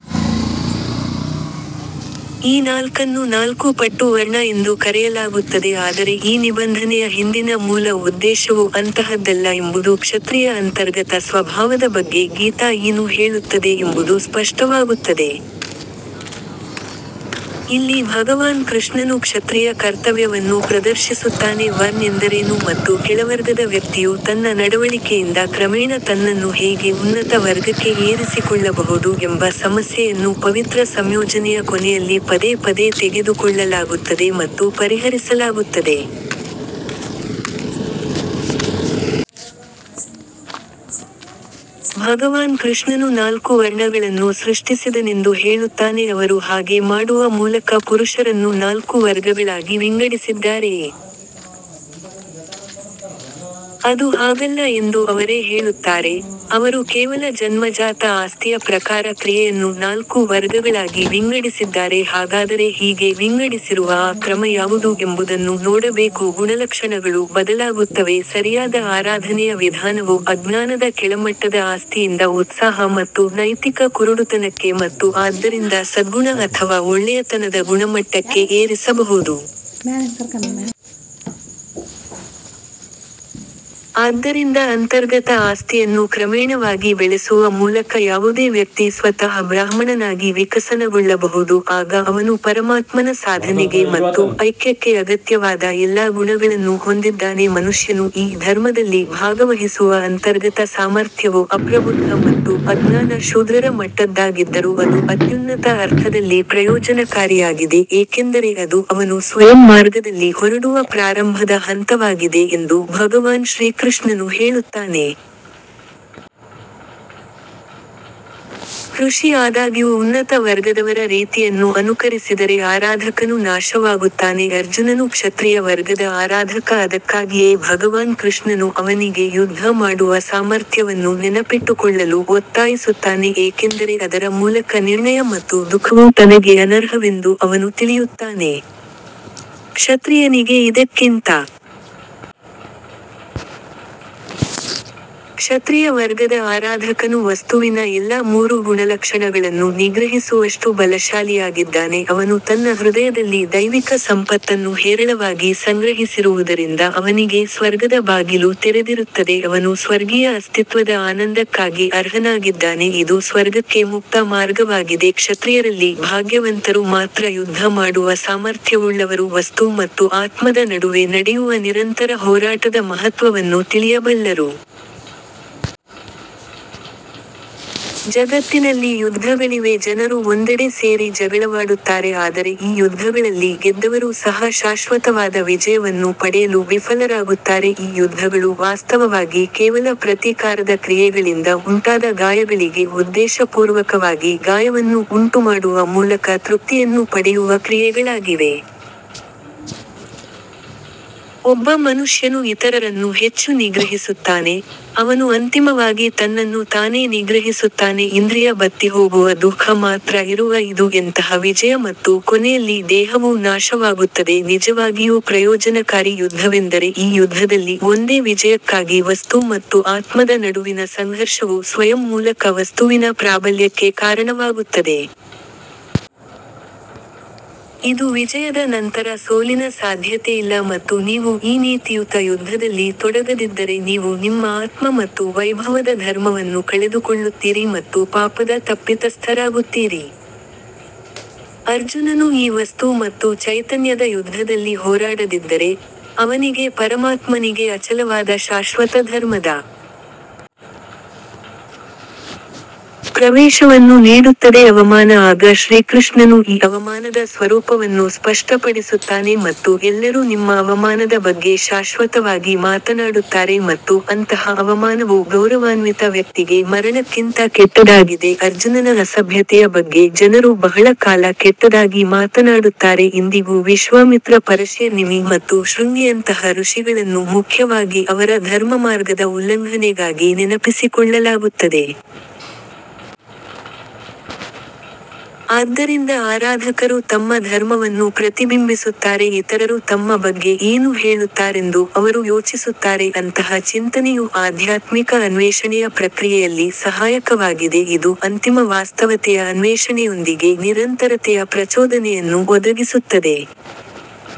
ಈ ನಾಲ್ಕನ್ನು ನಾಲ್ಕು ಪಟ್ಟು ವರ್ಣ ಎಂದು ಕರೆಯಲಾಗುತ್ತದೆ ಆದರೆ ಈ ನಿಬಂಧನೆಯ ಹಿಂದಿನ ಮೂಲ ಉದ್ದೇಶವು ಅಂತಹದ್ದಲ್ಲ ಎಂಬುದು ಕ್ಷತ್ರಿಯ ಅಂತರ್ಗತ ಸ್ವಭಾವದ ಬಗ್ಗೆ ಗೀತಾ ಏನು ಹೇಳುತ್ತದೆ ಎಂಬುದು ಸ್ಪಷ್ಟವಾಗುತ್ತದೆ. ಇಲ್ಲಿ ಭಗವಾನ್ ಕೃಷ್ಣನು ಕ್ಷತ್ರಿಯ ಕರ್ತವ್ಯವನ್ನು ಪ್ರದರ್ಶಿಸುತ್ತಾನೆ ವಾರ್ನ್ ಎಂದರೇನು ಮತ್ತು ಕೆಳವರ್ಗದ ವ್ಯಕ್ತಿಯು ತನ್ನ ನಡವಳಿಕೆಯಿಂದ ಕ್ರಮೇಣ ತನ್ನನ್ನು ಹೇಗೆ ಉನ್ನತ ವರ್ಗಕ್ಕೆ ಏರಿಸಿಕೊಳ್ಳಬಹುದು ಎಂಬ ಸಮಸ್ಯೆಯನ್ನು ಪವಿತ್ರ ಸಂಯೋಜನೆಯ ಕೊನೆಯಲ್ಲಿ ಪದೇ ಪದೇ ತೆಗೆದುಕೊಳ್ಳಲಾಗುತ್ತದೆ ಮತ್ತು ಪರಿಹರಿಸಲಾಗುತ್ತದೆ. ಭಗವಾನ್ ಕೃಷ್ಣನು ನಾಲ್ಕು ವರ್ಣಗಳನ್ನು ಸೃಷ್ಟಿಸಿದನೆಂದು ಹೇಳುತ್ತಾನೆ ಅವರು ಹಾಗೆ ಮಾಡುವ ಮೂಲಕ ಪುರುಷರನ್ನು ನಾಲ್ಕು ವರ್ಗಗಳಾಗಿ ವಿಂಗಡಿಸಿದ್ದಾರೆಯೇ? ಅದು ಹಾಗಲ್ಲ ಎಂದು ಅವರೇ ಹೇಳುತ್ತಾರೆ, ಅವರು ಕೇವಲ ಜನ್ಮಜಾತ ಆಸ್ತಿಯ ಪ್ರಕಾರ ಕ್ರಿಯೆಯನ್ನು ನಾಲ್ಕು ವರ್ಗಗಳಾಗಿ ವಿಂಗಡಿಸಿದ್ದಾರೆ ಹಾಗಾದರೆ ಹೀಗೆ ವಿಂಗಡಿಸಿರುವ ಆ ಕ್ರಮ ಯಾವುದು ಎಂಬುದನ್ನು ನೋಡಬೇಕು ಗುಣಲಕ್ಷಣಗಳು ಬದಲಾಗುತ್ತವೆ ಸರಿಯಾದ ಆರಾಧನೆಯ ವಿಧಾನವು ಅಜ್ಞಾನದ ಕೆಳಮಟ್ಟದ ಆಸ್ತಿಯಿಂದ ಉತ್ಸಾಹ ಮತ್ತು ನೈತಿಕ ಕುರುಡುತನಕ್ಕೆ ಮತ್ತು ಆದ್ದರಿಂದ ಸದ್ಗುಣ ಅಥವಾ ಒಳ್ಳೆಯತನದ ಗುಣಮಟ್ಟಕ್ಕೆ ಏರಿಸಬಹುದು. ಆದ್ದರಿಂದ ಅಂತರ್ಗತ ಆಸ್ತಿಯನ್ನು ಕ್ರಮೇಣವಾಗಿ ಬೆಳೆಸುವ ಮೂಲಕ ಯಾವುದೇ ವ್ಯಕ್ತಿ ಸ್ವತಃ ಬ್ರಾಹ್ಮಣನಾಗಿ ವಿಕಸನಗೊಳ್ಳಬಹುದು ಆಗ ಅವನು ಪರಮಾತ್ಮನ ಸಾಧನೆಗೆ ಮತ್ತು ಐಕ್ಯಕ್ಕೆ ಅಗತ್ಯವಾದ ಎಲ್ಲಾ ಗುಣಗಳನ್ನು ಹೊಂದಿದ್ದಾನೆ ಮನುಷ್ಯನು ಈ ಧರ್ಮದಲ್ಲಿ ಭಾಗವಹಿಸುವ ಅಂತರ್ಗತ ಸಾಮರ್ಥ್ಯವು ಅಪ್ರಬುದ್ಧ ಮತ್ತು ಅಜ್ಞಾನ ಶೂದ್ರರ ಮಟ್ಟದ್ದಾಗಿದ್ದರೂ ಅದು ಅತ್ಯುನ್ನತ ಅರ್ಥದಲ್ಲಿ ಪ್ರಯೋಜನಕಾರಿಯಾಗಿದೆ ಏಕೆಂದರೆ ಅದು ಅವನು ಸ್ವಯಂ ಮಾರ್ಗದಲ್ಲಿ ಹೊರಡುವ ಪ್ರಾರಂಭದ ಹಂತವಾಗಿದೆ ಎಂದು ಭಗವಾನ್ ಶ್ರೀಕೃಷ್ಣನು ಹೇಳುತ್ತಾನೆ. ಕೃಷಿ ಆದಾಗ್ಯೂ ಉನ್ನತ ವರ್ಗದವರ ರೀತಿಯನ್ನು ಅನುಕರಿಸಿದರೆ ಆರಾಧಕನು ನಾಶವಾಗುತ್ತಾನೆ ಅರ್ಜುನನು ಕ್ಷತ್ರಿಯ ವರ್ಗದ ಆರಾಧಕ ಅದಕ್ಕಾಗಿಯೇ ಭಗವಾನ್ ಕೃಷ್ಣನು ಅವನಿಗೆ ಯುದ್ಧ ಮಾಡುವ ಸಾಮರ್ಥ್ಯವನ್ನು ನೆನಪಿಟ್ಟುಕೊಳ್ಳಲು ಒತ್ತಾಯಿಸುತ್ತಾನೆ ಏಕೆಂದರೆ ಅದರ ಮೂಲಕ ನಿರ್ಣಯ ಮತ್ತು ದುಃಖವು ತನಗೆ ಅನರ್ಹವೆಂದು ಅವನು ತಿಳಿಯುತ್ತಾನೆ. ಕ್ಷತ್ರಿಯನಿಗೆ ಇದಕ್ಕಿಂತ ಕ್ಷತ್ರಿಯ ವರ್ಗದ ಆರಾಧಕನು ವಸ್ತುವಿನ ಎಲ್ಲಾ ಮೂರು ಗುಣಲಕ್ಷಣಗಳನ್ನು ನಿಗ್ರಹಿಸುವಷ್ಟು ಬಲಶಾಲಿಯಾಗಿದ್ದಾನೆ ಅವನು ತನ್ನ ಹೃದಯದಲ್ಲಿ ದೈವಿಕ ಸಂಪತ್ತನ್ನು ಹೇರಳವಾಗಿ ಸಂಗ್ರಹಿಸಿರುವುದರಿಂದ ಅವನಿಗೆ ಸ್ವರ್ಗದ ಬಾಗಿಲು ತೆರೆದಿರುತ್ತದೆ ಅವನು ಸ್ವರ್ಗೀಯ ಅಸ್ತಿತ್ವದ ಆನಂದಕ್ಕಾಗಿ ಅರ್ಹನಾಗಿದ್ದಾನೆ ಇದು ಸ್ವರ್ಗಕ್ಕೆ ಮುಕ್ತ ಮಾರ್ಗವಾಗಿದೆ ಕ್ಷತ್ರಿಯರಲ್ಲಿ ಭಾಗ್ಯವಂತರು ಮಾತ್ರ ಯುದ್ಧ ಮಾಡುವ ಸಾಮರ್ಥ್ಯವುಳ್ಳವರು ವಸ್ತು ಮತ್ತು ಆತ್ಮದ ನಡುವೆ ನಡೆಯುವ ನಿರಂತರ ಹೋರಾಟದ ಮಹತ್ವವನ್ನು ತಿಳಿಯಬಲ್ಲರು. ಜಗತ್ತಿನಲ್ಲಿ ಯುದ್ಧಗಳಿವೆ ಜನರು ಒಂದೆಡೆ ಸೇರಿ ಜಗಳವಾಡುತ್ತಾರೆ ಆದರೆ ಈ ಯುದ್ಧಗಳಲ್ಲಿ ಗೆದ್ದವರು ಸಹ ಶಾಶ್ವತವಾದ ವಿಜಯವನ್ನು ಪಡೆಯಲು ವಿಫಲರಾಗುತ್ತಾರೆ ಈ ಯುದ್ಧಗಳು ವಾಸ್ತವವಾಗಿ ಕೇವಲ ಪ್ರತೀಕಾರದ ಕ್ರಿಯೆಗಳಿಂದ ಉಂಟಾದ ಗಾಯಗಳಿಗೆ ಉದ್ದೇಶಪೂರ್ವಕವಾಗಿ ಗಾಯವನ್ನು ಉಂಟುಮಾಡುವ ಮೂಲಕ ತೃಪ್ತಿಯನ್ನು ಪಡೆಯುವ ಕ್ರಿಯೆಗಳಾಗಿವೆ. ಒಬ್ಬ ಮನುಷ್ಯನು ಇತರರನ್ನು ಹೆಚ್ಚು ನಿಗ್ರಹಿಸುತ್ತಾನೆ, ಅವನು ಅಂತಿಮವಾಗಿ ತನ್ನನ್ನು ತಾನೇ ನಿಗ್ರಹಿಸುತ್ತಾನೆ ಇಂದ್ರಿಯ ಬತ್ತಿಹೋಗುವ ದುಃಖ ಮಾತ್ರ ಇರುವ ಇದು ಎಂತಹ ವಿಜಯ ಮತ್ತು ಕೊನೆಯಲ್ಲಿ ದೇಹವೂ ನಾಶವಾಗುತ್ತದೆ ನಿಜವಾಗಿಯೂ ಪ್ರಯೋಜನಕಾರಿ ಯುದ್ಧವೆಂದರೆ ಈ ಯುದ್ಧದಲ್ಲಿ ಒಂದೇ ವಿಜಯಕ್ಕಾಗಿ ವಸ್ತು ಮತ್ತು ಆತ್ಮದ ನಡುವಿನ ಸಂಘರ್ಷವು ಸ್ವಯಂ ಮೂಲಕ ವಸ್ತುವಿನ ಪ್ರಾಬಲ್ಯಕ್ಕೆ ಕಾರಣವಾಗುತ್ತದೆ. ಇದು ವಿಜಯದ ನಂತರ ಸೋಲಿನ ಸಾಧ್ಯತೆಯಿಲ್ಲ ಮತ್ತು ನೀವು ಈ ನೀತಿಯುತ ಯುದ್ಧದಲ್ಲಿ ತೊಡಗದಿದ್ದರೆ ನೀವು ನಿಮ್ಮ ಆತ್ಮ ಮತ್ತು ವೈಭವದ ಧರ್ಮವನ್ನು ಕಳೆದುಕೊಳ್ಳುತ್ತೀರಿ ಮತ್ತು ಪಾಪದ ತಪ್ಪಿತಸ್ಥರಾಗುತ್ತೀರಿ. ಅರ್ಜುನನು ಈ ವಸ್ತು ಮತ್ತು ಚೈತನ್ಯದ ಯುದ್ಧದಲ್ಲಿ ಹೋರಾಡದಿದ್ದರೆ, ಅವನಿಗೆ ಪರಮಾತ್ಮನಿಗೆ ಅಚಲವಾದ ಶಾಶ್ವತ ಧರ್ಮದ ಪ್ರವೇಶವನ್ನು ನೀಡುತ್ತದೆ ಅವಮಾನ ಆಗ ಶ್ರೀಕೃಷ್ಣನು ಈ ಅವಮಾನದ ಸ್ವರೂಪವನ್ನು ಸ್ಪಷ್ಟಪಡಿಸುತ್ತಾನೆ ಮತ್ತು ಎಲ್ಲರೂ ನಿಮ್ಮ ಅವಮಾನದ ಬಗ್ಗೆ ಶಾಶ್ವತವಾಗಿ ಮಾತನಾಡುತ್ತಾರೆ ಮತ್ತು ಅಂತಹ ಅವಮಾನವು ಗೌರವಾನ್ವಿತ ವ್ಯಕ್ತಿಗೆ ಮರಣಕ್ಕಿಂತ ಕೆಟ್ಟದಾಗಿದೆ ಅರ್ಜುನನ ಅಸಭ್ಯತೆಯ ಬಗ್ಗೆ ಜನರು ಬಹಳ ಕಾಲ ಕೆಟ್ಟದಾಗಿ ಮಾತನಾಡುತ್ತಾರೆ ಇಂದಿಗೂ ವಿಶ್ವಾಮಿತ್ರ ಪರಶೇರ್ ನಿಮಿ ಮತ್ತು ಶೃಂಗಿಯಂತಹ ಋಷಿಗಳನ್ನು ಮುಖ್ಯವಾಗಿ ಅವರ ಧರ್ಮಮಾರ್ಗದ ಉಲ್ಲಂಘನೆಗಾಗಿ ನೆನಪಿಸಿಕೊಳ್ಳಲಾಗುತ್ತದೆ. ಆದ್ದರಿಂದ ಆರಾಧಕರು ತಮ್ಮ ಧರ್ಮವನ್ನು ಪ್ರತಿಬಿಂಬಿಸುತ್ತಾರೆ ಇತರರು ತಮ್ಮ ಬಗ್ಗೆ ಏನು ಹೇಳುತ್ತಾರೆಂದು ಅವರು ಯೋಚಿಸುತ್ತಾರೆ ಅಂತಹ ಚಿಂತನೆಯು ಆಧ್ಯಾತ್ಮಿಕ ಅನ್ವೇಷಣೆಯ ಪ್ರಕ್ರಿಯೆಯಲ್ಲಿ ಸಹಾಯಕವಾಗಿದೆ ಇದು ಅಂತಿಮ ವಾಸ್ತವತೆಯ ಅನ್ವೇಷಣೆಯೊಂದಿಗೆ ನಿರಂತರತೆಯ ಪ್ರಚೋದನೆಯನ್ನು ಒದಗಿಸುತ್ತದೆ.